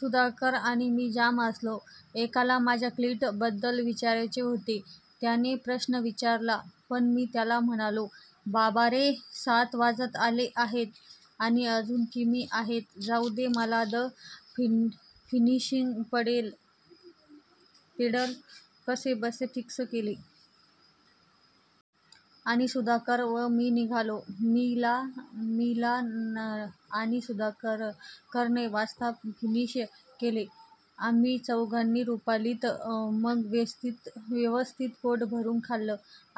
सुधाकर आणि मी जाम हसलो. एकाला माझ्या क्लिट बद्दल विचारायचे होते. त्याने प्रश्न विचारला, पण मी त्याला म्हणालो, बाबारे सात वाजत आले आहेत आणि अजून किमी आहेत जाउ दे मला. द फिनिशपेडल कसेबसे फिक्स केले. आणि सुधाकर व मी निघालो. मी ला आणि सुधाकरने वाजता फिनिश केले! आम्ही चौघांनी रुपालीत मग व्यवस्थित पोटभरून खाल्ल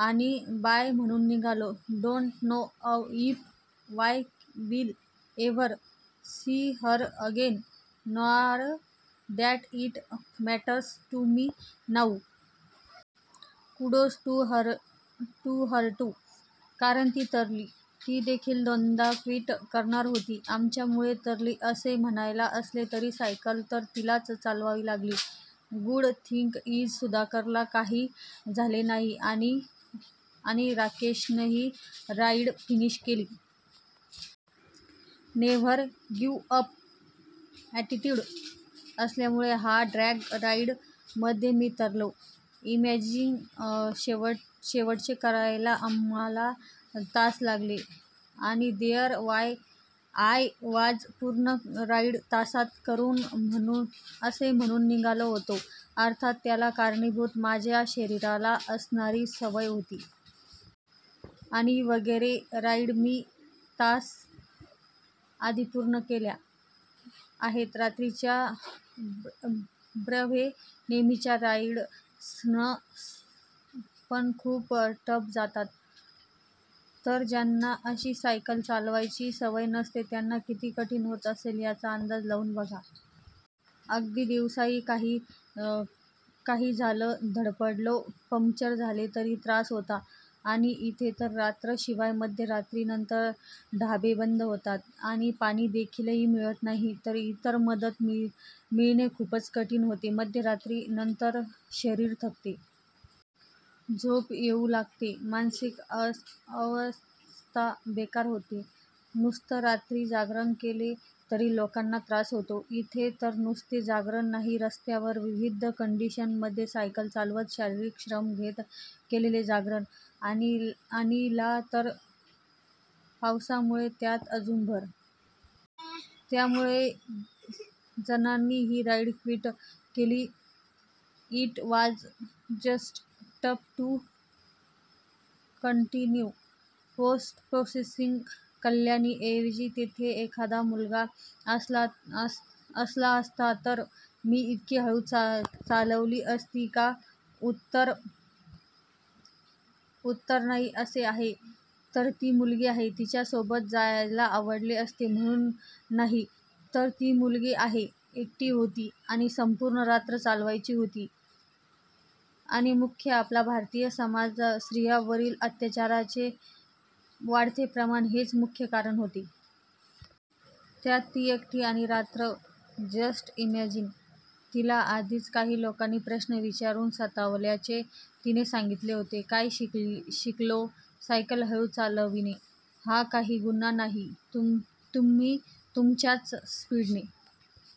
आणि बाय म्हणून निघालो. Don't know, if I will ever see her again. Nor that it matters to me now. Kudos to her too! कारण ती तरली, ती देखील दोनदा क्विट करणार होती. आमच्यामुळे तरली असे म्हणायला असले तरी, सायकल तर तिलाच चालवावी लागली! गुड थिंग इज सुधाकरला काही झाले नाही आणि राकेशने राईड फिनिश केली. नेव्हर गिव्ह अप अॅटिट्युड असल्यामुळे ह्या ड्रॅग राईड मध्ये मी तरलो. इमॅजिन, शेवटचे करायला आम्हाला तास लागले, आणि देअर आय वॉज, पूर्ण राईड तासात करू असे म्हणून निघालो होतो. अर्थात त्याला कारणीभूत माझ्या शरीराला असणारी सवय होती. आणि, वगैरे राईड मी, तास आधी पूर्ण केल्या आहेत. रात्रीच्या ब्रेव्हे नेहमीच्या रायडर्सना पण खूप टफ जातात. तर ज्यांना अशी सायकल चालवायची सवय नसते त्यांना किती कठीण होत असेल ह्याचा अंदाज लावून बघा. अगदी दिवसाही काही झालं, धडपडलो, पंक्चर झाले तरी त्रास होता आणि इथे तर रात्र! शिवाय मध्यरात्री नंतर ढाबे बंद होतात आणि पाणी देखील मिळत नाही, तर इतर मदत मिळणे खूपच कठीण होते. मध्यरात्री नंतर शरीर थकते. झोप येऊ लागते. मानसिक अवस्था बेकार होते. नुसतं रात्री जागरण केले तरी लोकांना त्रास होतो, इथे तर नुसते जागरण नाही, रस्त्यावर, विविध कंडीशन मध्ये सायकल चालवत, शारीरिक श्रम घेत केलेले जागरण. आणि ला तर पावसामुळे त्यात अजून भर! त्यामुळेच जणांनी ही राईड क्विट केली. It was just tough to continue! Post प्रोसेसिंगकल्याणी ऐवजी तिथे एखादा मुलगा असला असता तर मी इतकी हळू चालवली असती का? उत्तर नाही असे आहे. तर ती मुलगी आहे, तिच्या सोबत जायला आवडले असते म्हणून नाही, तर ती मुलगी आहे, एकटी होती आणि संपूर्ण रात्र चालवायची होती आणि मुख्य आपला भारतीय समाज व स्त्रीयांवरील अत्याचाराचे वाढते प्रमाण हेच मुख्य कारण होते. त्यात ती एकटी आणि रात्र. Just imagine. तिला आधीच काही लोकांनी प्रश्न विचारून सतावल्याचे तिने सांगीतले होते. काय शिकलो? सायकल हळू चालविणे हा काही गुन्हा नाही, तुम्ही तुमच्याच स्पीडने